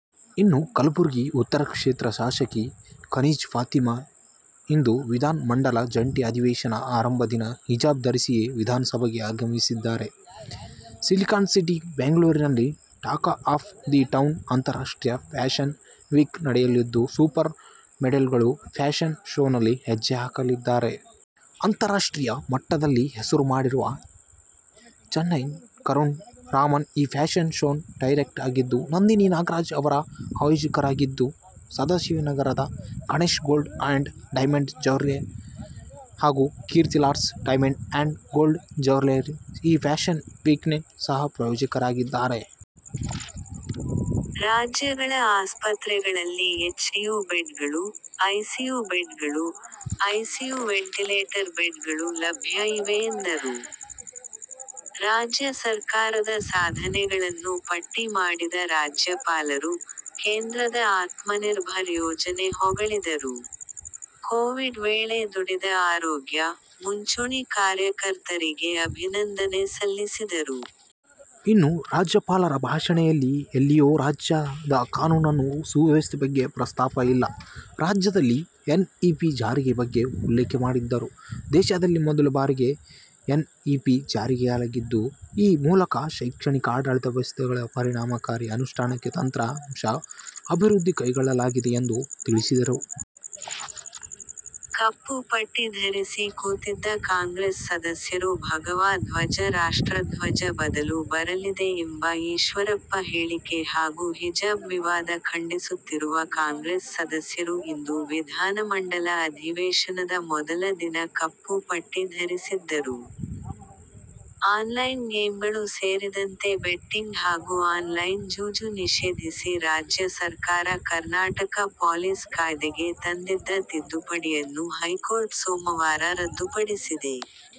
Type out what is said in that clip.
ಇನ್ನು ಕಲಬುರಗಿ ಉತ್ತರ ಕ್ಷೇತ್ರದ ಶಾಸಕಿ ಕನೀಜ್ ಫಾತಿಮಾ ಇಂದು ವಿಧಾನ ಮಂಡಲ ಜಂಟಿ ಅಧಿವೇಶನ ಆರಂಭ ದಿನ ಹಿಜಾಬ್ ಧರಿಸಿಯೇ ವಿಧಾನಸಭೆಗೆ ಆಗಮಿಸಿದ್ದಾರೆ. ಸಿಲಿಕಾನ್ ಸಿಟಿ ಬೆಂಗಳೂರಿನಲ್ಲಿ "ಟಾಕ್ ಆಫ್ ದಿ ಟೌನ್-ಅಂತಾರಾಷ್ಟ್ರೀಯ ಫ್ಯಾಷನ್ ವೀಕ್ " ನಡೆಯಲಿದ್ದು, ಸೂಪರ್ ಮಾಡೆಲ್ಗಳು ಫ್ಯಾಷನ್ ಶೋನಲ್ಲಿ ಹೆಜ್ಜೆ ಹಾಕಲಿದ್ದಾರೆ. ಅಂತಾರಾಷ್ಟ್ರೀಯ ಮಟ್ಟದಲ್ಲಿ ಹೆಸರು ಮಾಡಿರುವ ಚೆನ್ನೈನ ಕರುಣ್ ರಾಮನ್ ಈ ಫ್ಯಾಷನ್ ಶೋನ ಡೈರೆಕ್ಟರ್ ಆಗಿದ್ದು, ನಂದಿನಿ ನಾಗರಾಜ್ ಅವರು ಆಯೋಜಕರಾಗಿದ್ದು, ಸದಾಶಿವನಗರದ Ganesh gold and diamond jewellery ಹಾಗೂ Kirtilals diamonds and gold jewellery ಈ ಫ್ಯಾಷನ್ ವೀಕ್ನ ಸಹ ಪ್ರಾಯೋಜಕರಾಗಿದ್ದಾರೆ. ರಾಜ್ಯಗಳ ಆಸ್ಪತ್ರೆಗಳಲ್ಲಿ ಎಚ್ಡಿಯು ಬೆಡ್ ಗಳು, ಐಸಿಯು ಬೆಡ್ ಗಳು, ಐಸಿಯು ವೆಂಟಿಲೇಟರ್ ಬೆಡ್ ಗಳು ಲಭ್ಯ ಇವೆ ಎಂದರು. ರಾಜ್ಯ ಸರ್ಕಾರದ ಸಾಧನೆಗಳನ್ನು ಪಟ್ಟಿ ಮಾಡಿದ ರಾಜ್ಯಪಾಲರು, ಕೇಂದ್ರದ ಆತ್ಮನಿರ್ಭರ್ ಯೋಜನೆ ಹೊಗಳಿದರು. ಕೋವಿಡ್ ವೇಳೆ ದುಡಿದ ಆರೋಗ್ಯ, ಮುಂಚೂಣಿ ಕಾರ್ಯಕರ್ತರಿಗೆ ಅಭಿನಂದನೆ ಸಲ್ಲಿಸಿದರು. ಇನ್ನು ರಾಜ್ಯಪಾಲರ ಭಾಷಣದಲ್ಲಿ ಎಲ್ಲಿಯೂ ರಾಜ್ಯದ ಕಾನೂನು ಸುವ್ಯವಸ್ಥೆ ಬಗ್ಗೆ ಪ್ರಸ್ತಾಪ ಇಲ್ಲ. ರಾಜ್ಯದಲ್ಲಿ ಎನ್ ಇಪಿ ಜಾರಿ ಬಗ್ಗೆ ಉಲ್ಲೇಖ ಮಾಡಿದರು. ದೇಶದಲ್ಲೇ ಮೊದಲ ಬಾರಿಗೆ ಎನ್ ಇಪಿ ಜಾರಿಯಾಗಲಿದ್ದು, ಈ ಮೂಲಕ ಶೈಕ್ಷಣಿಕ, ಆಡಳಿತ ವ್ಯವಸ್ಥೆಗಳ ಪರಿಣಾಮಕಾರಿ ಅನುಷ್ಠಾನಕ್ಕೆ ತಂತ್ರಾಂಶ ಅಭಿವೃದ್ಧಿ ಕೈಗೊಳ್ಳಲಾಗಿದೆ ಎಂದು ತಿಳಿಸಿದರು. ಕಪ್ಪು ಪಟ್ಟಿ ಧರಿಸಿ ಕೂತಿದ್ದ ಕಾಂಗ್ರೆಸ್ ಸದಸ್ಯರು ಭಗವಾ ಧ್ವಜ ರಾಷ್ಟ್ರಧ್ವಜ ಬದಲು ಬರಲಿದೆ ಎಂಬ ಈಶ್ವರಪ್ಪ ಹೇಳಿಕೆ ಹಾಗೂ ಹಿಜಾಬ್ ವಿವಾದ ಖಂಡಿಸುತ್ತಿರುವ ಕಾಂಗ್ರೆಸ್ ಸದಸ್ಯರು ಇಂದು ವಿಧಾನಮಂಡಲ ಅಧಿವೇಶನದ ಮೊದಲ ದಿನ ಕಪ್ಪು ಪಟ್ಟಿ ಧರಿಸಿದ್ದರು. ಆನ್ಲೈನ್ ಗೇಮ್ಗಳು ಸೇರಿದಂತೆ ಬೆಟ್ಟಿಂಗ್ ಹಾಗೂ ಆನ್ ಲೈನ್ ಜೂಜು ನಿಷೇಧಿಸಿ ರಾಜ್ಯ ಸರ್ಕಾರ ಕರ್ನಾಟಕ ಪೊಲೀಸ್ ಕಾಯ್ದೆಗೆ ತಂದಿದ್ದ ತಿದ್ದುಪಡಿಯನ್ನು ಹೈಕೋರ್ಟ್ ಸೋಮವಾರ ರದ್ದುಪಡಿಸಿದೆ.